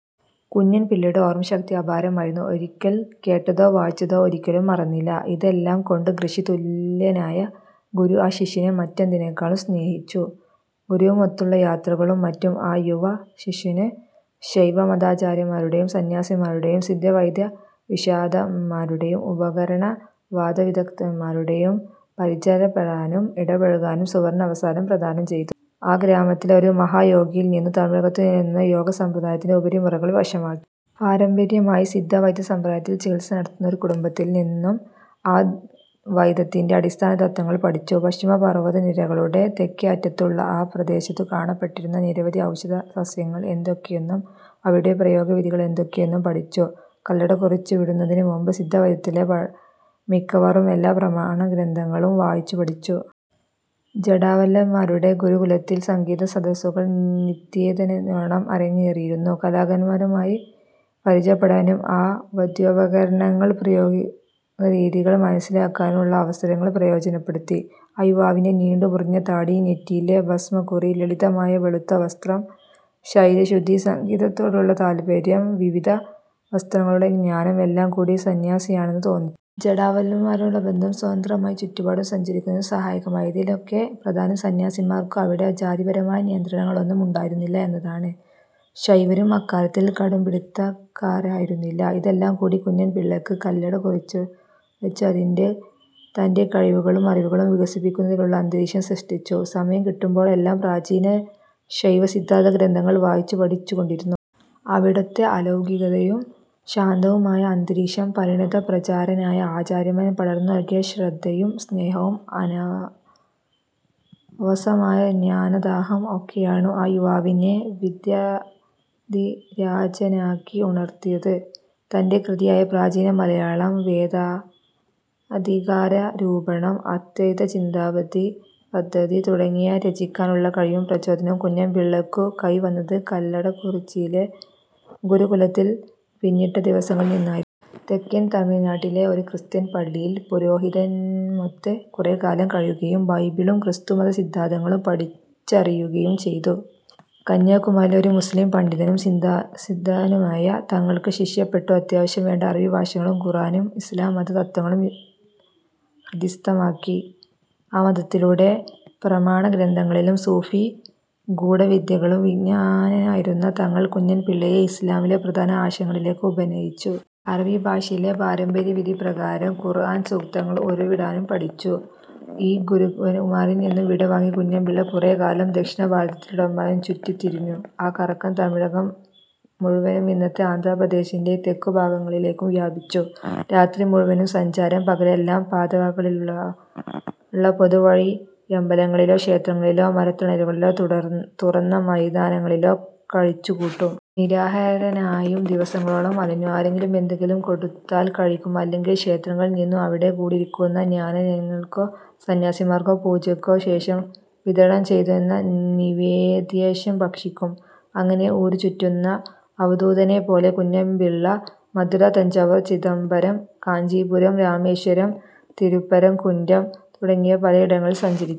കുഞ്ഞൻപിള്ളയുടെ ഓർമ്മ ശക്തി അപാരമായിരുന്നു. ഒരിക്കൽ കേട്ടതോ വായിച്ചതോ ഒരിക്കലും മറന്നില്ല. ഇതെല്ലാംകൊണ്ടു് ഋഷി തുല്യനായ ഗുരു ആ ശിഷ്യനെ മറ്റെന്തിനെക്കാളും സ്നേഹിച്ചു. ഗുരുവുമൊത്തുള്ള യാത്രകളും മറ്റും ആ യുവശിഷ്യനു് ശൈവമതാചാര്യന്മാരുമായും, സന്ന്യാസിമാരുമായും, സിദ്ധ്യവൈദ്യവിശാരദന്മാരുമായും, ഉപകരണ വാദനവിദഗ്ദ്ധരുമായും പരിചയപ്പെടാനും ഇടപഴകാനുമുള്ള സുവർണ്ണാവസരം പ്രദാനം ചെയ്തു. ആ ഗ്രാമത്തിലെ ഒരു മഹായോഗിയിൽ നിന്നു് തമിഴകത്തു നിലവിലിരുന്ന യോഗ സമ്പ്രദായത്തിന്റെ ഉപരി മുറകൾ വശമാക്കി. പാരമ്പര്യമായി സിദ്ധവൈദ്യ സമ്പ്രദായത്തിൽ ചികിത്സ നടത്തുന്ന ഒരു കുടുംബത്തിൽനിന്നും ആ വൈദ്യത്തിന്റെ അടിസ്ഥാനതത്ത്വങ്ങൾ പഠിച്ചു. പശ്ചിമ പർവത നിരകളുടെ തെക്കേ അറ്റത്തുള്ള ആ പ്രദേശത്തു് കാണപ്പെട്ടിരുന്ന നിരവധി ഔഷധസസ്യങ്ങൾ ഏതൊക്കെയെന്നും, അവയുടെ പ്രായോഗവിധികൾ എന്തൊക്കെയെന്നും പഠിച്ചു. കല്ലടക്കുറിച്ചി വിടുന്നതിനുമുമ്പു് സിദ്ധവൈദ്യത്തിലെ മിക്കവാറും എല്ലാ പ്രമാണ ഗ്രന്ഥങ്ങളും വായിച്ചു പഠിച്ചു. ജടാവല്ലഭരുടെ ഗുരുകുലത്തിൽ സംഗീത സദസ്സുകൾ നിത്യേനയെന്നോണം അരങ്ങേറിയിരുന്നു. കലാകാരന്മാരുമായി പരിചയപ്പെടാനും, ആ വാദ്യോപകരണങ്ങളുടെ പ്രയോഗരീതികൾ മനസ്സിലാക്കാനുമുള്ള അവസരം പ്രയോജനപ്പെടുത്തി. ആ യുവാവിന്റെ നീണ്ടു കറുത്ത താടി, നെറ്റിയിലെ ഭസ്മക്കുറി, ലളിതമായ വെളുത്ത വസ്ത്രം, ശരീരശുദ്ധി, സംഗീതത്തിലുള്ള താല്പര്യം, വിവിധ ശാസ്ത്രങ്ങളിലുള്ള ജ്ഞാനം, എല്ലാംകൂടി ഒരു സന്ന്യാസിയാണെന്നു തോന്നിച്ചു. ജടാവല്ലഭരുമായുള്ള ബന്ധം സ്വതന്ത്രമായി ചുറ്റുപാടും സഞ്ചരിക്കുന്നതിനും സഹായകമായി. ഇതിലൊക്കെ പ്രധാനം സന്ന്യാസിമാർക്കു് അവിടെ ജാതിപരമായ നിയന്ത്രണങ്ങളൊന്നും ഉണ്ടായിരുന്നില്ല എന്നതാണു്. ശൈവരും അക്കാര്യത്തിൽ കടുംപിടിത്തക്കാരായിരുന്നില്ല. ഇതെല്ലാം കൂടി കുഞ്ഞൻപിള്ളയ്ക്ക് കല്ലടക്കുറിച്ചിയിൽ വച്ചു് തന്റെ കഴിവുകളും അറിവുകളും വികസിപ്പിക്കുന്നതിനുള്ള അന്തരീക്ഷം സൃഷ്ടിച്ചു. സമയം കിട്ടുമ്പോഴെല്ലാം പ്രാചീന ശൈവസിദ്ധാന്ത ഗ്രന്ഥങ്ങൾ വായിച്ചു പഠിച്ചുകൊണ്ടിരുന്നു. അവിടുത്തെ അലൗകികവും ശാന്തവുമായ അന്തരീക്ഷം, പരിണത പ്രജനരായ ആചാര്യന്മാർ പകർന്നു നൽകിയ ശ്രദ്ധയും സ്നേഹവും, അനവസാനമായ ജ്ഞാനദാഹം, ഒക്കെയാണു് ആ യുവാവിനെ വിദ്യധിരാജനായി ഉയർത്തിയതു്. തന്റെ കൃതികളായ പ്രാചീന മലയാളം, വേദാധികാരനിരൂപണം, അദ്വൈതചിന്താപദ്ധതി തുടങ്ങിയവ രചിക്കാനുള്ള കഴിവും പ്രചോദനവും കുഞ്ഞൻപിള്ളയ്ക്കു കൈവന്നതു് കല്ലടക്കുറിച്ചിയിലെ ഗുരുകുലത്തിൽ പിന്നിട്ട ദിവസങ്ങളിൽ നിന്നായിരുന്നു. തെക്കൻ തമിഴു്നാട്ടിലെ ഒരു ക്രിസ്ത്യൻ പള്ളിയിൽ പുരോഹിതനുമൊത്തു് കുറെക്കാലം കഴിയുകയും, ബൈബിളും ക്രിസ്തുമതസിദ്ധാന്തങ്ങളും പഠിച്ചറിയുകയും ചെയ്തു. കന്യാകുമാരിയിലെ ഒരു മുസ്ലീം പണ്ഡിതനും സിദ്ധാനുമായ തങ്ങൾക്കു ശിഷ്യപ്പെട്ടു് അത്യാവശ്യം വേണ്ട അറബി ഭാഷയും ഖുറാനും ഇസ്ലാംമത തത്ത്വങ്ങളും ഹൃദിസ്ഥമാക്കി. ആ മതത്തിലെ പ്രമാണഗ്രന്ഥങ്ങളിലും സൂഫി ഗൂഢവിദ്യയിലും വിജ്ഞനായിരുന്ന തങ്ങൾ കുഞ്ഞൻപിള്ളയെ ഇസ്ലാമിലെ പ്രധാന ആശയങ്ങളിലേക്കു് ഉപനയിച്ചു. അറബി ഭാഷയിൽ പാരമ്പര്യവിധി പ്രകാരം ഖുർ-ആൻ സൂക്തങ്ങൾ ഉരുവിടാനും പഠിപ്പിച്ചു. ഈ ഗുരുക്കന്മാരിൽ നിന്നു വിടവാങ്ങി കുഞ്ഞൻപിള്ള കുറെക്കാലം ദക്ഷിണ ഭാരതത്തിലെമ്പാടും ചുറ്റിത്തിരിഞ്ഞു. ആ കറക്കം തമിഴകം മുഴുവനും, ഇന്നത്തെ ആന്ധ്രാപ്രദേശിന്റെ തെക്കുഭാഗങ്ങളിലേക്കും വ്യാപിച്ചു. രാത്രി മുഴുവൻ സഞ്ചാരം. പകലെല്ലാം പാതവക്കുകളിലുള്ള പൊതുവഴിയമ്പലങ്ങളിലോ, ക്ഷേത്രങ്ങളിലോ, മരത്തണലുകളിലോ, തുറന്ന മൈതാനങ്ങളിലോ കഴിച്ചുകൂട്ടും. നിരാഹാരനായും ദിവസങ്ങളോളം അലഞ്ഞു. ആരെങ്കിലും എന്തെങ്കിലും കൊടുത്താൽ കഴിക്കും; അല്ലെങ്കിൽ ക്ഷേത്രങ്ങളിൽ നിന്നു് അവിടെ കൂടിയിരിക്കുന്ന ഭക്തജനങ്ങൾക്കോ സന്ന്യാസിമാർക്കോ പൂജയ്ക്കു ശേഷം വിതരണം ചെയ്തിരുന്ന നിവേദ്യാംശം ഭക്ഷിക്കും. അങ്ങനെ ഊരുചുറ്റുന്ന അവധൂതനെപ്പോലെ കുഞ്ഞൻപിള്ള മധുര, തഞ്ചാവൂർ, ചിദംബരം, കാഞ്ചീപുരം, രാമേശ്വരം, തിരുപ്പരം കുന്റം തുടങ്ങി പലയിടങ്ങളിലും സഞ്ചരിച്ചു.